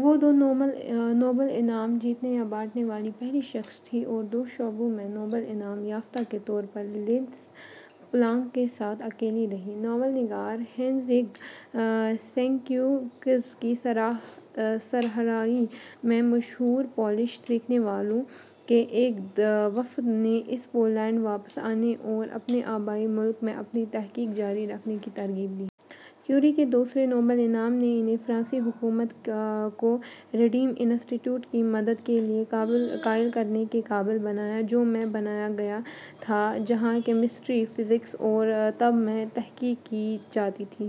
وہ دو نوبل انعام جیتنے یا بانٹنے والی پہلی شخص تھیں اور دو شعبوں میں نوبل انعام یافتہ کے طور پر لینس پالنگ کے ساتھ اکیلی رہیں۔ ناول نگار ہینریک سینکیوِکز کی سربراہی میں مشہور پولش سیکھنے والوں کے ایک وفد نے اسے پولینڈ واپس آنے اور اپنے آبائی ملک میں اپنی تحقیق جاری رکھنے کی ترغیب دی۔ کیوری کے دوسرے نوبل انعام نے انھیں فرانسیسی حکومت کو ریڈیم انسٹی ٹیوٹ کی مدد کے لیے قائل کرنے کے قابل بنایا، جو میں بنایا گیا تھا، جہاں کیمسٹری، فزکس اور طب میں تحقیق کی جاتی تھی۔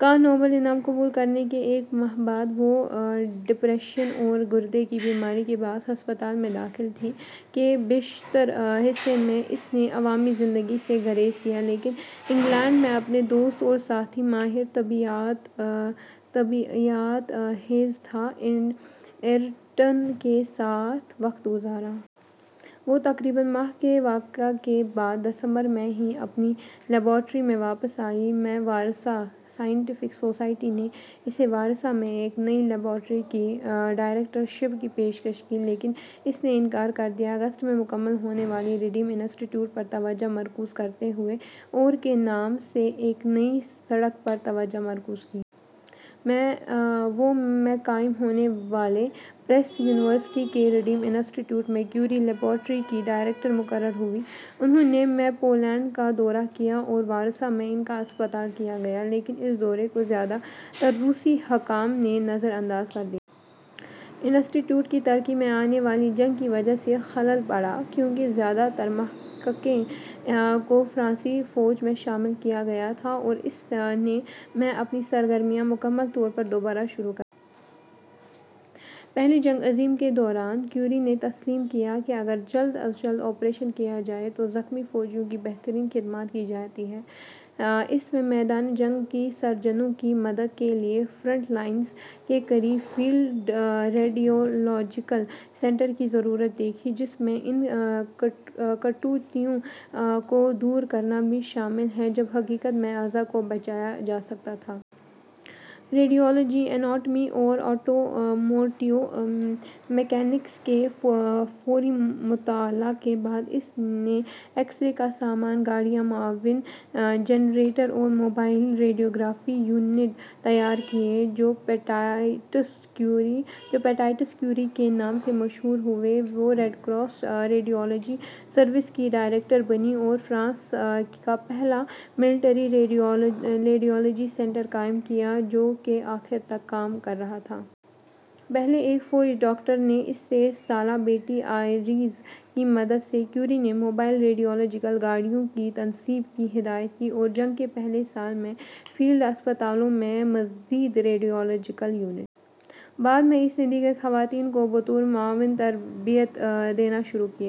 کا نوبل انعام قبول کرنے کے ایک ماہ بعد، وہ ڈپریشن اور گردے کی بیماری کے باعث ہسپتال میں داخل تھیں۔ کے بیشتر حصے میں، اس نے عوامی زندگی سے گریز کیا لیکن انگلینڈ میں اپنے دوست اور ساتھی ماہر طبیعیات، ہیرتھا ایرٹن کے ساتھ وقت گزارا۔ وہ تقریباً ماہ کے وقفے کے بعد دسمبر میں ہی اپنی لیبارٹری میں واپس آئی۔ میں وارسا سائنٹیفک سوسائٹی نے اسے وارسا میں ایک نئی لیبارٹری کی ڈائریکٹر شپ کی پیشکش کی لیکن اس نے انکار کر دیا، اگست میں مکمل ہونے والے ریڈیم انسٹی ٹیوٹ پر توجہ مرکوز کرتے ہوئے اور کے نام سے ایک نئی سڑک پر توجہ مرکوز کی۔ وہ میں قائم ہونے والے پیرس یونیورسٹی کے ریڈیم انسٹی ٹیوٹ میں کیوری لیبارٹری کی ڈائریکٹر مقرر ہوئیں۔ انھوں نے میں پولینڈ کا دورہ کیا اور وارسا میں ان کا استقبال کیا گیا لیکن اس دورے کو زیادہ تر روسی حکام نے نظر انداز کر دیا۔ انسٹی ٹیوٹ کی ترقی میں آنے والی جنگ کی وجہ سے خلل پڑا، کیونکہ زیادہ تر محققین کو فرانسیسی فوج میں شامل کیا گیا تھا اور اس نے میں اپنی سرگرمیاں مکمل طور پر دوبارہ شروع کر دیں۔ پہلی جنگ عظیم کے دوران، کیوری نے تسلیم کیا کہ اگر جلد از جلد آپریشن کیا جائے تو زخمی فوجیوں کی بہترین خدمت کی جاتی ہے۔ اس نے میدان جنگ کے سرجنوں کی مدد کے لیے فرنٹ لائنز کے قریب فیلڈ ریڈیولاجیکل سینٹرز کی ضرورت دیکھی، جس میں ان کٹوتیوں کو دور کرنا بھی شامل ہے جب حقیقت میں اعضاء کو بچایا جا سکتا تھا۔ ریڈیولوجی، اناٹومی اور آٹوموٹیو میکینکس کے فوری مطالعہ کے بعد اس نے ایکسرے کا سامان، گاڑیاں، معاون جنریٹر اور موبائل ریڈیوگرافی یونٹ تیار کیے، جو پیٹائٹس کیوری کے نام سے مشہور ہوئے۔ وہ ریڈ کراس ریڈیولاجی سروس کی ڈائریکٹر بنیں اور فرانس کا پہلا ملٹری ریڈیولاجی سنٹر قائم کیا، جو کے آخر تک کام کر رہا تھا۔ پہلے ایک فوجی ڈاکٹر اور اس کی سالہ بیٹی آئرین کی مدد سے، کیوری نے موبائل ریڈیولاجیکل گاڑیوں کی تنصیب کی ہدایت کی۔ اور جنگ کے پہلے سال میں فیلڈ ہسپتالوں میں مزید ریڈیولاجیکل یونٹ۔ بعد میں، اس نے دیگر خواتین کو بطور معاون تربیت دینا شروع کی۔